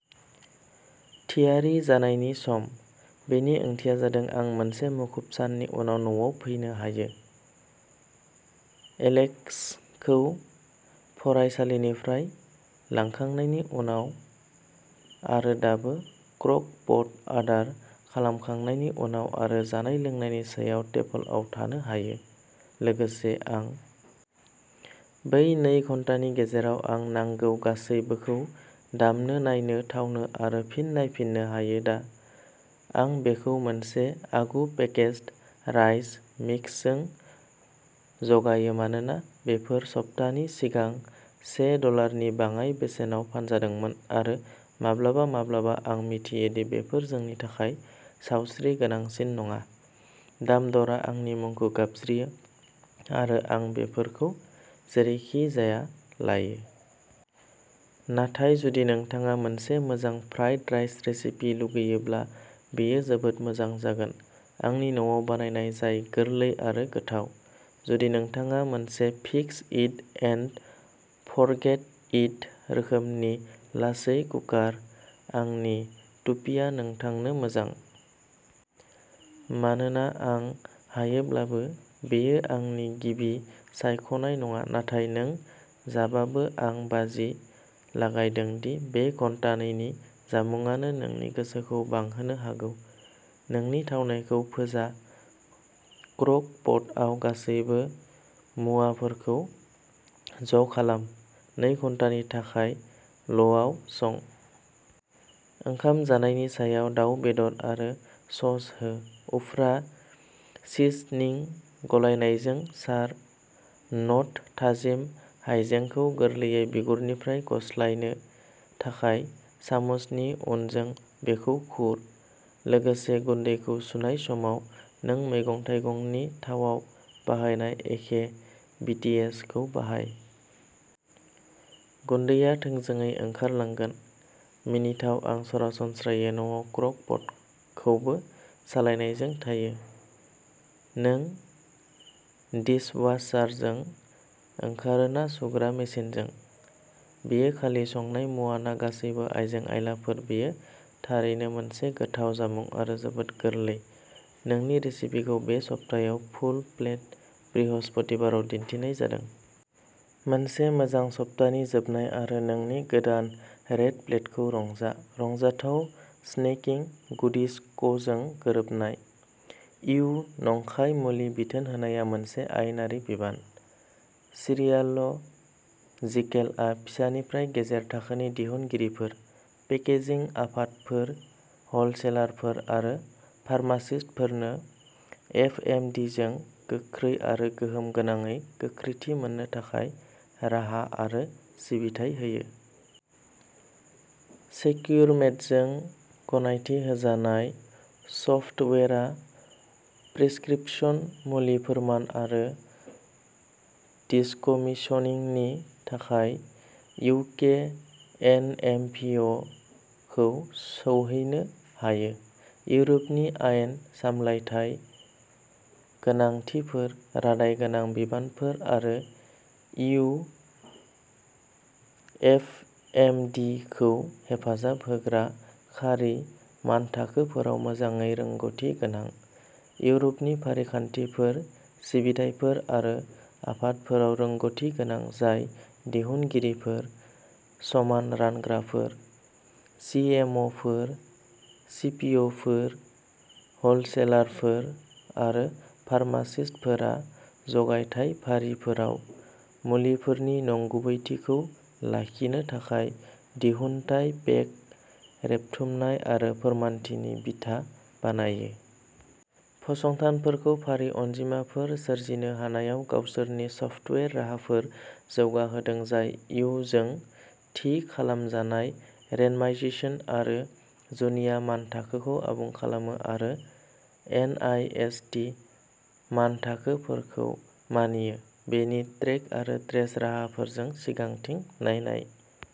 थियारि जानायनि सम। बेनि ओंथिया जादों आं मोनसे मुखुब साननि उनाव न'आव फैनो हायो, एलेक्सखौ फरायसालिनिफ्राय लांखांनायनि उनाव आरो दाबो क्रक पट आदार खालामखांनायनि उनाव आरो जानाय-लोंनायनि समाव टेबोलाव थानो हायो। लोगोसे, आं बै नै घन्टानि गेजेराव आं नांगौ गासैबोखौ दामनो, नायनो, थावनो आरो फिन नायफिननो हायो दा, आं बेखौ मोनसे आगु-पेकेज्ड राइस मिक्सजों जगायो मानोना बेफोर सप्ताहनि सिगां से डलारनि बाङाइ बेसेनाव फानजादोंमोन, आरो माब्लाबा माब्लाबा आं मिथियो दि बेफोर जोंनि थाखाय सावस्रि गोनांसिन नङा, दाम दरआ आंनि मुंखौ गाबज्रियो आरो आं बेफोरखौ जेरैखिजाया लायो। नाथाय जुदि नोंथाङा मोनसे मोजां फ्राइड राइस रेसिपि लुगैयोब्ला बेयो जोबोद मोजां जागोन, आंनि न'आव बानायनाय जाय गोरलै आरो गोथाव। जुदि नोंथाङा मोनसे fix it and forget it रोखोमनि लासै कुकार, आंनि टुपिआ नोंथांनो मोजां। मानोना आं हायोब्लाबो, बेयो आंनि गिबि सायख'नाय नङा। नाथाय नों जाबाबो, आं बाजि लागायदों दि बे घन्टानैनि जामुंआनो नोंनि गोसोखौ बांहोनो हागौ नोंनि थावनायखौ फोजा क्रक पटआव गासैबो मुवाफोरखौ ज'खालाम। नै घन्टानि थाखाय ल'आव सं। ओंखाम जानायनि सायाव दाव बेदर आरो सस हो। उफ्रा सिजनिं गलायनायजों सार। न'ट थाजिम हायजेंखौ गोरलैयै बिगुरनिफ्राय गस्लायनो थाखाय, सामुसनि उनजों बेखौ खुर। लोगोसे, गुन्दैखौ सुनाय समाव, नों मैगं-थाइगंनि थावाव बाहायनाय एखे टिबिएसखौ बाहाय। गुन्दैआ थोंजोङै ओंखारलांगोन, मिनिथाव आं सरासनस्रायै न'आव क्रक पटखौबो सालायनायजों थायो। नों डिशवाशारजों ओंखारो ना सुग्रा मेसिनजों? बेयो खालि संनाय मुवा ना गासैबो आइजें-आइलाफोर बेयो थारैनो मोनसे गोथाव जामुं आरो जोबोद गोरलै नोंनि रेसिपिखौ बे सप्तायाव फुल प्लेट बृहस्पतिबाराव दिन्थिनाय जादों। मोनसे मोजां सप्तानि जोबनाय आरो नोंनि गोदान रेड प्लेटखौ रंजा। रंजाथाव स्नेकिं। गुडिज क'जों गोरोबनाय। इयु नंखाय मुलि बिथोन होनाया मोनसे आयेनारि बिबान। सिरियाल' जिकेलआ फिसा निफ्राय गेजेर थाखोनि दिहुनगिरिफोर, पेकेजिं आफादफोर, हलसेलारफोर आरो फार्मासिस्टफोरनो एफएमदिजों गोख्रै आरो गोहोम गोनाङै गोख्रैथि मोननो थाखाय राहा आरो सिबिथाइ होयो। सेक्युरमेडजों गनायथि होजानाय सफ्टवेयारआ प्रिस्क्रिप्शन मुलि फोरमान आरो दिसकमिशनिंनि थाखाय इउके एनएमभिअ'खौ सौहैनो हायो। इउर'पनि आयेन, सामलायथाय गोनांथिफोर, रादाय गोनां बिबानफोर आरो इयु एफएमदिखौ हेफाजाब होग्रा खारि मानथाखोफोराव मोजाङै रोंग'थि गोनां। इउर'पनि फारिखान्थिफोर, सिबिथाइफोर आरो आफादफोराव रोंग'थि गोनां जाय दिहुनगिरिफोर, समान रानग्राफोर, सिएमअ'फोर, सिपिअ'फोर, हलसेलारफोर आरो फार्मासिस्टफोरा जगायथाय फारिफोराव मुलिफोरनि नंगुबैथिखौ लाखिनो थाखाय दिहुनथाय पेक रेबथुमनाय आरो फोरमानथिनि बिथा बानायो। फसंथानफोरखौ फारि अनजिमाफोर सोरजिनो हानायाव गावसोरनि सफ्टवेयार राहाफोर जौगाहोदों जाय इयुजों थि खालामजानाय रेन्डमाइजेशन आरो जुनिया मानथाखोखौ आबुं खालामो आरो एनआइएसटि मानथाखोफोरखौ मानियो। बेनि ट्रेक आरो ट्रेस राहाफोरजों सिगांथिं नायनाय